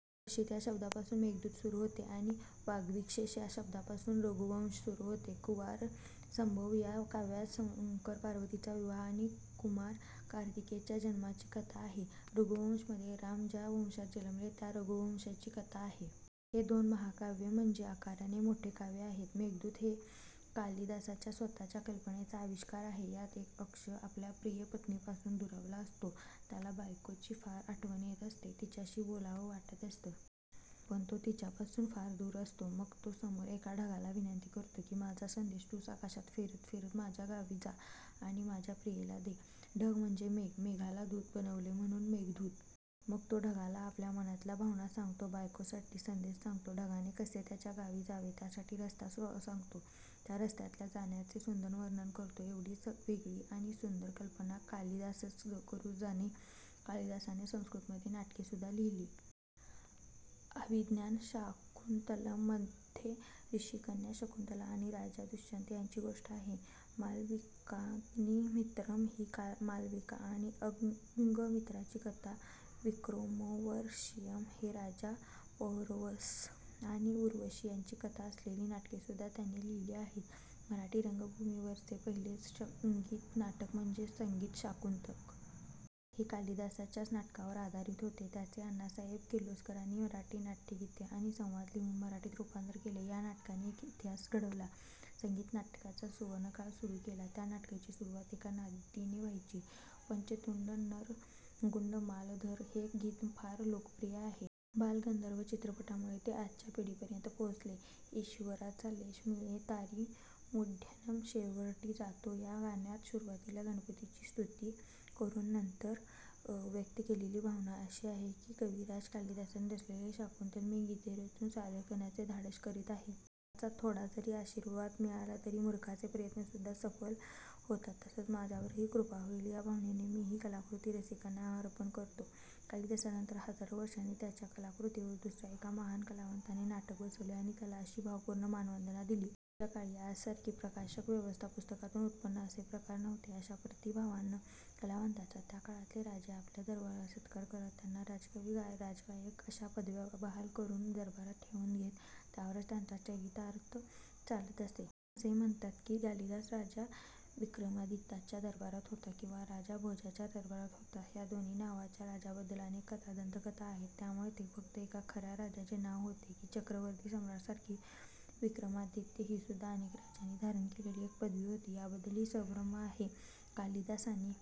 कश्चीत या शब्दापासुन मेघदूत सुरु होते आणि वाग्विशेष या शब्दापासुन रघुवंश सुरु होते. कुमारसंभव या काव्यात शंकर पार्वतीचा विवाह आणि कुमार कार्तिकेयाच्या जन्माची कथा आहे. रघुवंश मध्ये राम ज्या वंशात जन्मले त्या रघुवंशाची कथा आहे. हे दोन महाकाव्य म्हणजे आकाराने मोठे काव्य आहेत. मेघदूत हे कालिदासाच्या स्वतःच्या कल्पनेचा अविष्कार आहे. यात एक यक्ष आपल्या प्रिय पत्नीपासुन दुरावला असतो. त्याला बायकोची फार आठवण येत असते. तिच्याशी बोलावं वाटत असतं. पण तो तिच्यापासुन फार दूर असतो. मग तो समोर एका ढगाला विनंती करतो कि माझा संदेश तुच आकाशात फिरत फिरत माझ्या गावी जा आणि माझ्या प्रियेला दे. ढग म्हणजे मेघ. मेघाला दुत बनवले म्हणुन मेघदूत. मग तो ढगाला आपल्या मनातल्या भावना सांगतो. बायकोसाठी संदेश सांगतो. ढगाने कसे त्याच्या गावी जावे त्यासाठी रस्ता सांगतो. त्या रस्त्यातल्या जागांचे सुंदर वर्णन करतो. एवढी वेगळी आणि सुंदर कल्पना कालिदासच करू जाणे. कालिदासाने संस्कृत मध्ये नाटके सुद्धा लिहिली. अभिज्ञान शाकुंतलम् मध्ये ऋषिकन्या शकुंतला आणि राजा दुष्यंत यांची गोष्ट आहे. मालविकाग्निमित्रम हि मालविका आणि अंगमित्राची कथा, विक्रमोर्वशियम हे राजा पौरवस आणि उर्वशी यांची कथा असलेली नाटकेसुद्धा त्याने लिहिली आहेत. मराठी रंगभूमीवरचे पहिले संगीत नाटक म्हणजे संगीत शाकुंतक. हे कालिदासाच्याच नाटकावर आधारित होते. त्याचे अण्णासाहेब किर्लोस्करांनी मराठी नाट्यगीते आणि संवाद लिहुन मराठीत रूपांतर केले. ह्या नाटकाने इतिहास घडवला, संगीत नाटकांचा सुवर्णकाळ सुरु केला. ह्या नाटकाची सुरुवात एका नांदीने व्हायची. पंचतुंड नरगुंडमालधर हे गीत फार लोकप्रिय आहे. बालगंधर्व चित्रपटामुळे ते आजच्या पिढीपर्यंतही पोहोचले. ईशवराचा लेश मिळे तरि मूढयत्न शेवटिं जातो. ह्या गाण्यात सुरुवातीला गणपतीची स्तुती करून नंतर व्यक्त केलेली भावना अशी आहे कि कविराज कालिदासाने रचलेले हे शाकुंतल मी गीते रचुन सादर करण्याचे धाडस करत आहे. देवाचा थोडाजरी आशीर्वाद मिळाला तर मूर्खाचे प्रयत्नसुद्धा सफल होतात. तसंच माझ्यावरही कृपा होईल या भावनेने मी हि कलाकृती रसिकांना अर्पण करतो. कालिदासानंतर हजारो वर्षांनी त्याच्या कलाकृतीवर दुसऱ्या एका महान कलावंताने नाटक बसवले आणि त्याला अशी भावपूर्ण मानवंदना दिली. पूर्वीच्या काळी आजसारखी प्रकाशन व्यवस्था, पुस्तकांतुन उत्पन्न असे प्रकार नव्हते. अशा प्रतिभावान कलावंतांचा त्याकाळातले राजे आपल्या दरबारात सत्कार करत, त्यांना राजकवी, राजगायक अशा पदव्या बहाल करून दरबारात ठेवुन घेत. त्यावरच त्यांचा चरितार्थ चालत असे. असे म्हणतात कि कालिदास राजा विक्रमादित्याच्या दरबारात होता. किंवा राजा भोजाच्या दरबारात होता. ह्या दोन्ही नावाच्या राजांबद्दल अनेक कथा दंतकथा आहेत त्यामुळे ते फक्त एका खऱ्या राजाचे नाव होते कि चक्रवर्ती सम्राट सारखी विक्रमादित्य हीसुद्धा अनेक राजांनी धारण केलेली एक पदवी होती याबद्दलही संभ्रम आहे. कालिदास आणि